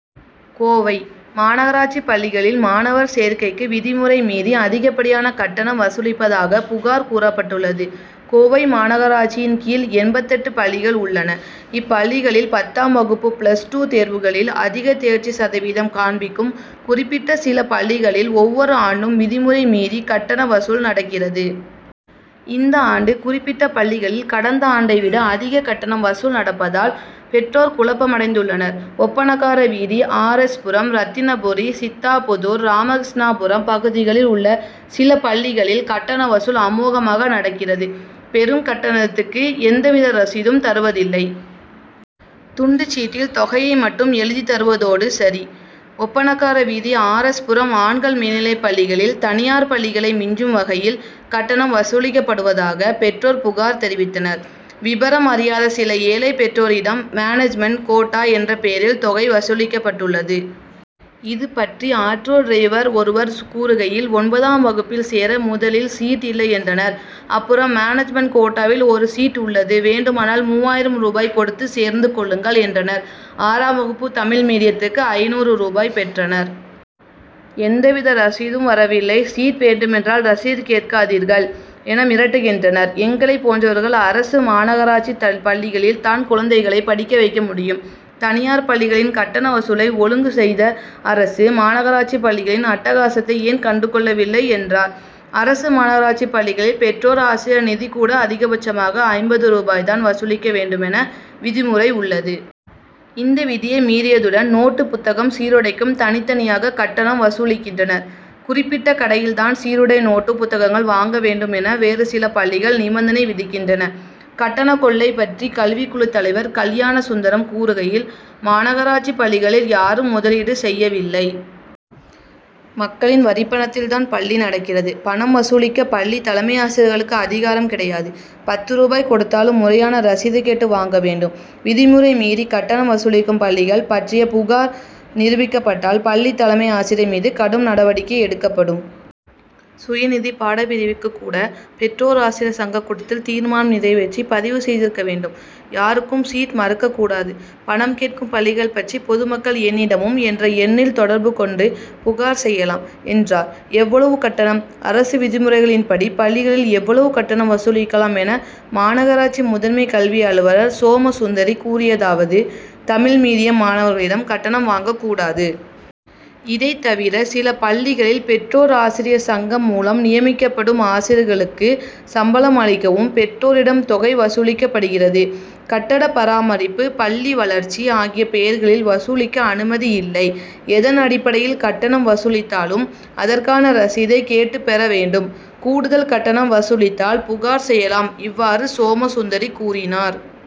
கோவை: மாநகராட்சிப் பள்ளிகளில் மாணவர் சேர்க்கைக்கு விதிமுறை மீறி, அதிகப்படியான கட்டணம் வசூலிப்பதாக புகார் கூறப்பட்டுள்ளது. கோவை மாநகராட்சியின் கீழ் எண்பத்தெட்டு பள்ளிகள் உள்ளன. இப்பள்ளிகளில் பத்தாம் வகுப்பு, பிளஸ் டூ தேர்வுகளில், அதிக தேர்ச்சி சதவீதம் காண்பிக்கும் குறிப்பிட்ட சில பள்ளிகளில் ஒவ்வொரு ஆண்டும் விதிமுறை மீறி கட்டண வசூல் நடக்கிறது. இந்த ஆண்டு குறிப்பிட்ட பள்ளிகளில் கடந்த ஆண்டை விட அதிக கட்டண வசூல் நடப்பதால் பெற்றோர் குழப்பமடைந்துள்ளனர். ஒப்பணக்கார வீதி, ஆர். எஸ். புரம், ரத்தினபுரி, சித்தாபுதூர், ராமகிருஷ்ணாபுரம் பகுதிகளில் உள்ள சில பள்ளிகளில் கட்டண வசூல் அமோகமாக நடக்கிறது. பெறும் கட்டணத்துக்கு எந்தவித ரசீதும் தருவதில்லை. துண்டுச்சீட்டில் தொகையை மட்டும் எழுதித் தருவதோடு சரி. ஒப்பணக்கார வீதி, ஆர். எஸ். புரம் ஆண்கள் மேல்நிலைப்பள்ளிகளில் தனியார் பள்ளிகளை மிஞ்சும் வகையில் கட்டணம் வசூலிக்கப்படுவதாக, பெற்றோர் புகார் தெரிவித்தனர். விபரம் அறியாத சில ஏழை பெற்றோரிடம் மேனேஜ்மென்ட் கோட்டா என்ற பெயரில் தொகை வசூலிக்கப்பட்டுள்ளது. இது பற்றி ஆட்டோ டிரைவர் ஒருவர் கூறுகையில், ஒன்பதாம் வகுப்பில் சேர முதலில் சீட் இல்லை என்றனர். அப்புறம் மேனேஜ்மென்ட் கோட்டாவில் ஒரு சீட் உள்ளது. வேண்டுமானால் மூவாயிரம் ரூபாய் கொடுத்து சேர்ந்து கொள்ளுங்கள்' என்றனர். ஆறாம் வகுப்பு தமிழ் மீடியத்துக்கு ஐந்நூறு ரூபாய் பெற்றனர். எந்தவித ரசீதும் ரவில்லை. சீட் வேண்டுமென்றால் ரசீது கேட்காதீர்கள்' என மிரட்டுகின்றனர். எங்களைப் போன்றவர்கள், அரசு, மாநகராட்சிப் பள்ளிகளில் தான் குழந்தைகளை படிக்க வைக்க முடியும். தனியார் பள்ளிகளின் கட்டண வசூலை ஒழுங்கு செய்த அரசு, மாநகராட்சிப் பள்ளிகளின் அட்டகாசத்தை ஏன் கண்டுகொள்ளவில்லை என்றார். அரசு, மாநகராட்சிப் பள்ளிகளில் பெற்றோர்-ஆசிரியர் நிதி கூட அதிகபட்சமாக ஐம்பது ரூபாய் தான் வசூலிக்க வேண்டும் என விதிமுறை உள்ளது. இந்த விதியை மீறியதுடன், நோட்டு புத்தகம், சீருடைக்கும் தனித்தனியாக கட்டணம் வசூலிக்கின்றனர். குறிப்பிட்ட கடையில் தான் சீருடை, நோட்டுப் புத்தகங்கள் வாங்க வேண்டும் என வேறு சில பள்ளிகள் நிபந்தனை விதிக்கின் றன. கட்டண கொள்ளை பற்றி கல்விக்குழுத் தலைவர் கல்யாண சுந்தரம் கூறுகையில், மாநகராட்சிப் பள்ளிகளில் யாரும் முதலீடு செய்யவில்லை. மக்களின் வரிப்பணத்தில் தான் பள்ளி நடக்கிறது. பணம் வசூலிக்க பள் ளித் தலைமை ஆசிரியர்களுக்கு அதிகாரம் கிடையாது. பத்து ரூபாய் கொடுத்தாலும் முறையான ரசீது கேட்டு வாங்க வேண்டும். விதிமுறை மீறி கட்டணம் வசூலிக்கும் பள்ளிகள் பற்றிய புகார் நிரூபிக்கப்பட்டால், பள்ளித் தலைமை ஆசிரியர் மீது கடும் நடவடிக்கை எடுக்கப்படும். சுயநிதி பாடப் பிரிவுக்கு கூட, பெற்றோர் ஆசிரியர் சங்கக் கூட்டத்தில் தீர்மானம் நிறைவேற்றி பதிவு செய்திருக்க வேண்டும். யாருக்கும் சீட் மறுக்கக் கூடாது. பணம் கேட்கும் பள்ளிகள் பற்றி பொதுமக்கள் என்னிடமும் என்ற எண்ணில் தொடர்பு கொண்டு புகார் செய்யலாம், என்றார். எவ்வளவு கட்டணம்? அரசு விதிமுறைகளின்படி, பள்ளிகளில் எவ்வளவு கட்டணம் வசூலிக்கலாம் என மாநகராட்சி முதன்மை கல்வி அலுவலர் சோமசுந்தரி கூறியதாவது:தமிழ் மீடியம் மாணவர்களிடம் கட்டணம் வாங்கக் கூடாது. இதைத் தவிர, சில பள்ளிகளில் பெற்றோர்-ஆசிரியர் சங்கம் மூலம் நியமிக்கப்படும் ஆசிரியர்களுக்கு சம்பளம் அளிக்கவும் பெற்றோரிடம் தொகை வசூலிக்கப்படுகிறது. கட்டட பராமரிப்பு, பள்ளி வளர்ச்சி ஆகிய பெயர்களில் வசூலிக்க அனுமதி இல்லை. எதன் அடிப்படையில் கட்டணம் வசூலித்தாலும், அதற்கான ரசீதை கேட்டுப் பெற வேண்டும். கூடுதல் கட்டணம் வசூலித்தால் புகார் செய்யலாம். இவ்வாறு, சோமசுந்தரி கூறினார்.